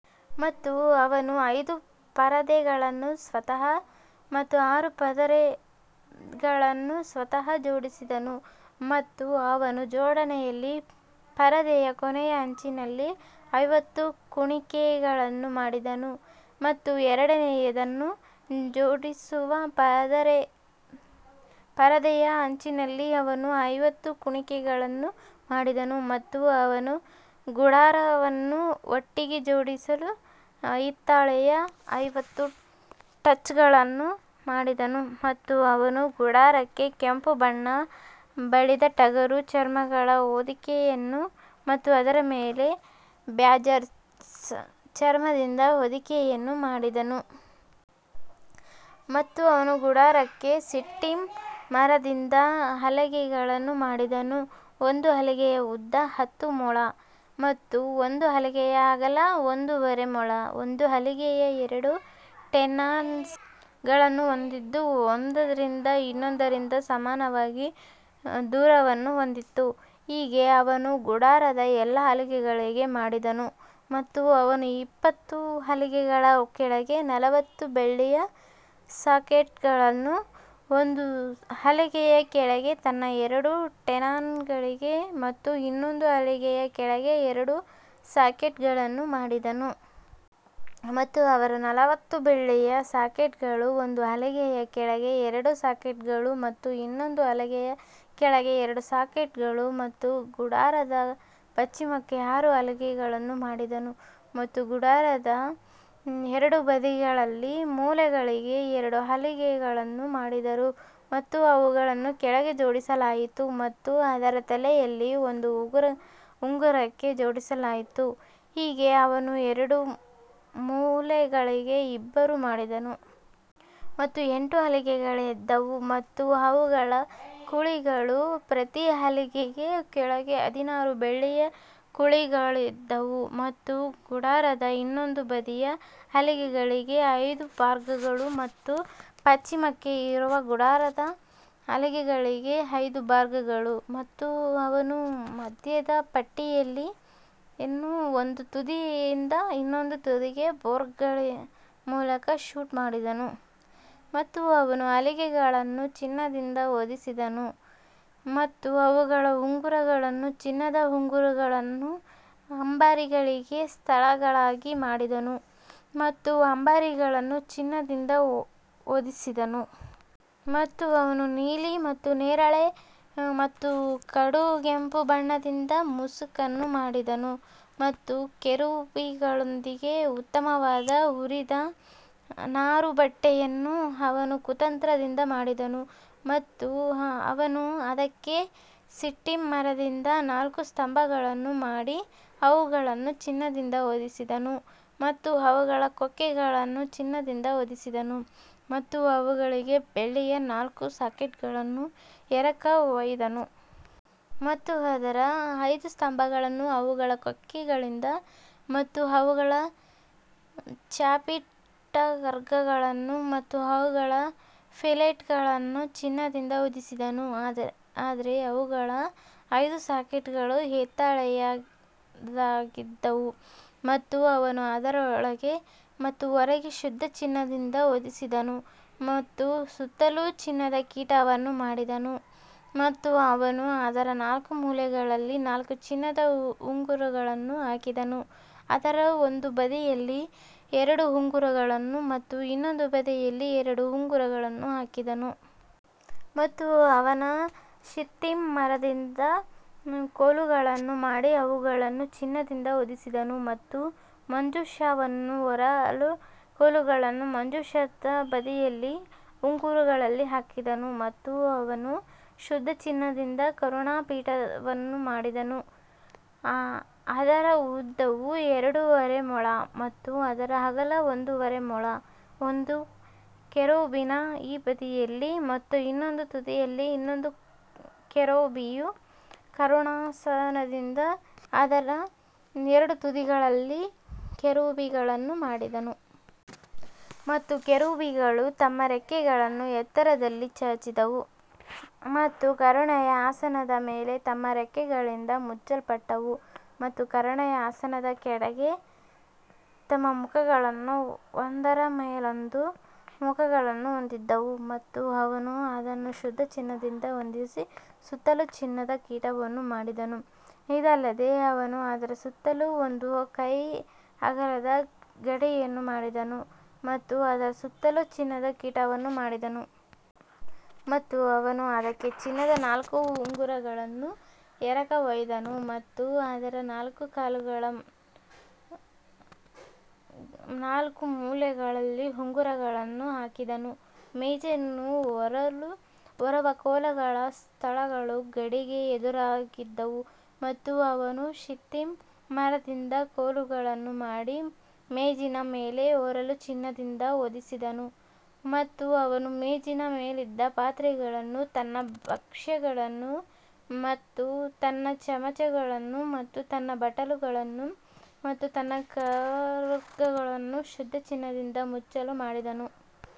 ಮತ್ತು ಅವನು ಐದು ಪರದೆಗಳನ್ನು ಸ್ವತಃ ಮತ್ತು ಆರು ಪರದೆಗಳನ್ನು ಸ್ವತಃ ಜೋಡಿಸಿದನು ಮತ್ತು ಅವನು ಜೋಡಣೆಯಲ್ಲಿ ಪರದೆಯ ಕೊನೆಯ ಅಂಚಿನಲ್ಲಿ ಐವತ್ತು ಕುಣಿಕೆಗಳನ್ನು ಮಾಡಿದನು ಮತ್ತು ಎರಡನೆಯದನ್ನು ಜೋಡಿಸುವ ಪರದೆಯ ಅಂಚಿನಲ್ಲಿ ಅವನು ಐವತ್ತು ಕುಣಿಕೆಗಳನ್ನು ಮಾಡಿದನು. ಮತ್ತು ಅವನು ಗುಡಾರವನ್ನು ಒಟ್ಟಿಗೆ ಜೋಡಿಸಲು ಹಿತ್ತಾಳೆಯ ಐವತ್ತು ಟಚ್ಗಳನ್ನು ಮಾಡಿದನು ಮತ್ತು ಅವನು ಗುಡಾರಕ್ಕೆ ಕೆಂಪು ಬಣ್ಣ ಬಳಿದ ಟಗರು ಚರ್ಮಗಳ ಹೊದಿಕೆಯನ್ನು ಮತ್ತು ಅದರ ಮೇಲೆ ಬ್ಯಾಜರ್ಸ್ ಚರ್ಮದಿಂದ ಹೊದಿಕೆಯನ್ನು ಮಾಡಿದನು. ಮತ್ತು ಅವನು ಗುಡಾರಕ್ಕೆ ಶಿಟ್ಟಿಮ್ ಮರದಿಂದ ಹಲಗೆಗಳನ್ನು ಮಾಡಿದನು ಒಂದು ಹಲಗೆಯ ಉದ್ದ ಹತ್ತು ಮೊಳ ಮತ್ತು ಒಂದು ಹಲಗೆಯ ಅಗಲ ಒಂದೂವರೆ ಮೊಳ ಒಂದು ಹಲಗೆಯು ಎರಡು ಟೆನಾನ್ಗಳನ್ನು ಹೊಂದಿದ್ದು ಒಂದರಿಂದ ಇನ್ನೊಂದರಿಂದ ಸಮಾನವಾಗಿ ದೂರವನ್ನು ಹೊಂದಿತ್ತು, ಹೀಗೆ ಅವನು ಗುಡಾರದ ಎಲ್ಲಾ ಹಲಗೆಗಳಿಗೆ ಮಾಡಿದನು ಮತ್ತು ಅವನು ಇಪ್ಪತ್ತು ಹಲಗೆಗಳ ಕೆಳಗೆ ನಲವತ್ತು ಬೆಳ್ಳಿಯ ಸಾಕೆಟ್ಗಳನ್ನು ಒಂದು ಹಲಗೆಯ ಕೆಳಗೆ ತನ್ನ ಎರಡು ಟೆನಾನ್ಗಳಿಗೆ ಮತ್ತು ಇನ್ನೊಂದು ಹಲಗೆಯ ಕೆಳಗೆ ಎರಡು ಸಾಕೆಟ್ಗಳನ್ನು ಮಾಡಿದನು. ಮತ್ತು ಅವರ ನಲವತ್ತು ಬೆಳ್ಳಿಯ ಸಾಕೆಟ್ಗಳು ಒಂದು ಹಲಗೆಯ ಕೆಳಗೆ ಎರಡು ಸಾಕೆಟ್ಗಳು ಮತ್ತು ಇನ್ನೊಂದು ಹಲಗೆಯ ಕೆಳಗೆ ಎರಡು ಸಾಕೆಟ್ಗಳು ಮತ್ತು ಗುಡಾರದ ಪಶ್ಚಿಮಕ್ಕೆ ಆರು ಹಲಗೆಗಳನ್ನು ಮಾಡಿದನು ಮತ್ತು ಗುಡಾರದ ಎರಡು ಬದಿಗಳಲ್ಲಿ ಮೂಲೆಗಳಿಗೆ ಎರಡು ಹಲಗೆಗಳನ್ನು ಮಾಡಿದರು ಮತ್ತು ಅವುಗಳನ್ನು ಕೆಳಗೆ ಜೋಡಿಸಲಾಯಿತು ಮತ್ತು ಅದರ ತಲೆಯಲ್ಲಿ ಒಂದು ಉಂಗುರಕ್ಕೆ ಜೋಡಿಸಲಾಯಿತು, ಹೀಗೆ ಅವನು ಎರಡೂ ಮೂಲೆಗಳಲ್ಲಿ ಇಬ್ಬರಿಗೂ ಮಾಡಿದನು. ಮತ್ತು ಎಂಟು ಹಲಗೆಗಳಿದ್ದವು ಮತ್ತು ಅವುಗಳ ಕುಳಿಗಳು ಪ್ರತಿ ಹಲಗೆಯ ಕೆಳಗೆ ಹದಿನಾರು ಬೆಳ್ಳಿಯ ಕುಳಿಗಳಿದ್ದವು ಮತ್ತು ಗುಡಾರದ ಇನ್ನೊಂದು ಬದಿಯ ಹಲಗೆಗಳಿಗೆ ಐದು ಬಾರ್ಗಳು ಮತ್ತು ಪಶ್ಚಿಮಕ್ಕೆ ಇರುವ ಗುಡಾರದ ಹಲಗೆಗಳಿಗೆ ಐದು ಬಾರ್ಗಳು. ಮತ್ತು ಅವನು ಮಧ್ಯದ ಪಟ್ಟಿಯನ್ನು ಒಂದು ತುದಿಯಿಂದ ಇನ್ನೊಂದು ತುದಿಗೆ ಬೋರ್ಡ್ಗಳ ಮೂಲಕ ಶೂಟ್ ಮಾಡಿದನು ಮತ್ತು ಅವನು ಹಲಗೆಗಳನ್ನು ಚಿನ್ನದಿಂದ ಹೊದಿಸಿದನು ಮತ್ತು ಅವುಗಳ ಉಂಗುರಗಳನ್ನು ಚಿನ್ನದ ಉಂಗುರಗಳನ್ನು ಅಂಬಾರಿಗಳಿಗೆ ಸ್ಥಳಗಳಾಗಿ ಮಾಡಿದನು ಮತ್ತು ಅಂಬಾರಿಗಳನ್ನು ಚಿನ್ನದಿಂದ ಹೊದಿಸಿದನು. ಮತ್ತು ಅವನು ನೀಲಿ ಮತ್ತು ನೇರಳೆ ಮತ್ತು ಕಡುಗೆಂಪು ಬಣ್ಣದಿಂದ ಮುಸುಕನ್ನು ಮಾಡಿದನು ಮತ್ತು ಕೆರೂಬಿಗಳೊಂದಿಗೆ ಉತ್ತಮವಾದ ಹುರಿದ ನಾರುಬಟ್ಟೆಯನ್ನು ಅವನು ಕುತಂತ್ರದಿಂದ ಮಾಡಿದನು. ಮತ್ತು ಅವನು ಅದಕ್ಕೆ ಶಿಟ್ಟಿಮ್ ಮರದಿಂದ ನಾಲ್ಕು ಸ್ತಂಭಗಳನ್ನು ಮಾಡಿ ಅವುಗಳನ್ನು ಚಿನ್ನದಿಂದ ಹೊದಿಸಿದನು ಮತ್ತು ಅವುಗಳ ಕೊಕ್ಕೆಗಳನ್ನು ಚಿನ್ನದಿಂದ ಹೊದಿಸಿದನು ಮತ್ತು ಅವುಗಳಿಗೆ ಬೆಳ್ಳಿಯ ನಾಲ್ಕು ಸಾಕೆಟ್ಗಳನ್ನು ಎರಕಹೊಯ್ದನು. ಮತ್ತು ಅದರ ಐದು ಸ್ತಂಭಗಳನ್ನು ಅವುಗಳ ಕೊಕ್ಕೆಗಳಿಂದ ಮತ್ತು ಅವುಗಳ ಚ್ಯಾಪಿಟರ್ಗಳನ್ನು ಮತ್ತು ಅವುಗಳ ಫಿಲೆಟ್ಗಳನ್ನು ಚಿನ್ನದಿಂದ ಹೊದಿಸಿದನು ಆದರೆ ಅವುಗಳ ಐದು ಸಾಕೆಟ್ಗಳು ಹಿತ್ತಾಳೆಯದ್ದಾಗಿದ್ದವು. ಮತ್ತು ಅವನು ಅದರ ಒಳಗೆ ಮತ್ತು ಹೊರಗೆ ಶುದ್ಧ ಚಿನ್ನದಿಂದ ಹೊದಿಸಿದನು ಮತ್ತು ಸುತ್ತಲೂ ಚಿನ್ನದ ಕಿರೀಟವನ್ನು ಮಾಡಿದನು ಮತ್ತು ಅವನು ಅದರ ನಾಲ್ಕು ಮೂಲೆಗಳಲ್ಲಿ ನಾಲ್ಕು ಚಿನ್ನದ ಉಂಗುರಗಳನ್ನು ಹಾಕಿದನು, ಅದರ ಒಂದು ಬದಿಯಲ್ಲಿ ಎರಡು ಉಂಗುರಗಳನ್ನು ಮತ್ತು ಇನ್ನೊಂದು ಬದಿಯಲ್ಲಿ ಎರಡು ಉಂಗುರಗಳನ್ನು ಹಾಕಿದನು. ಮತ್ತು ಅವನು ಶಿತ್ತಿಮ್ ಮರದಿಂದ ಕೋಲುಗಳನ್ನು ಮಾಡಿ ಅವುಗಳನ್ನು ಚಿನ್ನದಿಂದ ಹೊದಿಸಿದನು ಮತ್ತು ಮಂಜೂಷವನ್ನು ಹೊರಲು ಕೋಲುಗಳನ್ನು ಮಂಜೂಷದ ಬದಿಗಳಲ್ಲಿ ಉಂಗುರಗಳಲ್ಲಿ ಹಾಕಿದನು ಮತ್ತು ಅವನು ಶುದ್ಧ ಚಿನ್ನದಿಂದ ಕರುಣಾಪೀಠವನ್ನು ಮಾಡಿದನು, ಅದರ ಉದ್ದವು ಎರಡುವರೆ ಮೊಳ ಮತ್ತು ಅದರ ಅಗಲ ಒಂದೂವರೆ ಮೊಳ. ಒಂದು ಕೆರೂಬಿನ ಈ ಬದಿಯಲ್ಲಿ ಮತ್ತು ಇನ್ನೊಂದು ತುದಿಯಲ್ಲಿ ಇನ್ನೊಂದು ಕೆರೂಬಿಯು ಕರುಣಾಾಸನದಿಂದ ಅದರ ಎರಡು ತುದಿಗಳಲ್ಲಿ ಕೆರೂಬಿಗಳನ್ನು ಮಾಡಿದನು. ಮತ್ತು ಕೆರೂಬಿಗಳು ತಮ್ಮ ರೆಕ್ಕೆಗಳನ್ನು ಎತ್ತರದಲ್ಲಿ ಚಾಚಿದವು ಮತ್ತು ಕರುಣೆಯ ಆಸನದ ಮೇಲೆ ತಮ್ಮ ರೆಕ್ಕೆಗಳಿಂದ ಮುಚ್ಚಲ್ಪಟ್ಟವು ಮತ್ತು ಕರುಣೆಯ ಆಸನದ ಕಡೆಗೆ ತಮ್ಮ ಮುಖಗಳನ್ನು ಒಂದರ ಮೇಲೊಂದು ಮುಖಗಳನ್ನು ಹೊಂದಿದ್ದವು. ಮತ್ತು ಅವನು ಅದನ್ನು ಶುದ್ಧ ಚಿನ್ನದಿಂದ ಹೊದಿಸಿ ಸುತ್ತಲೂ ಚಿನ್ನದ ಕಿರೀಟವನ್ನು ಮಾಡಿದನು ಇದಲ್ಲದೆ ಅವನು ಅದರ ಸುತ್ತಲೂ ಒಂದು ಕೈಅಗಲದ ಗಡಿಯನ್ನು ಮಾಡಿದನು ಮತ್ತು ಅದರ ಸುತ್ತಲೂ ಚಿನ್ನದ ಕಿರೀಟವನ್ನು ಮಾಡಿದನು. ಮತ್ತು ಅವನು ಅದಕ್ಕೆ ಚಿನ್ನದ ನಾಲ್ಕು ಉಂಗುರಗಳನ್ನು ಎರಕಹೊಯ್ದನು ಮತ್ತು ಅದರ ನಾಲ್ಕು ಕಾಲುಗಳ ನಾಲ್ಕು ಮೂಲೆಗಳಲ್ಲಿ ಉಂಗುರಗಳನ್ನು ಹಾಕಿದನು. ಮೇಜನ್ನು ಹೊರುವ ಕೋಲುಗಳ ಸ್ಥಳಗಳು ಗಡಿಗೆ ಎದುರಾಗಿದ್ದವು ಮತ್ತು ಅವನು ಶಿತ್ತಿಮ್ ಮರದಿಂದ ಕೋಲುಗಳನ್ನು ಮಾಡಿ ಮೇಜಿನ ಮೇಲೆ ಹೊರಲು ಚಿನ್ನದಿಂದ ಹೊದಿಸಿದನು ಮತ್ತು ಅವನು ಮೇಜಿನ ಮೇಲಿದ್ದ ಪಾತ್ರೆಗಳನ್ನು ತನ್ನ ಭಕ್ಷ್ಯಗಳನ್ನು ಮತ್ತು ತನ್ನ ಚಮಚಗಳನ್ನು ಮತ್ತು ತನ್ನ ಬಟ್ಟಲುಗಳನ್ನು ಮತ್ತು ತನ್ನ ಕವರ್ಗಳನ್ನು ಶುದ್ಧ ಚಿನ್ನದಿಂದ ಮುಚ್ಚಲು ಮಾಡಿದನು.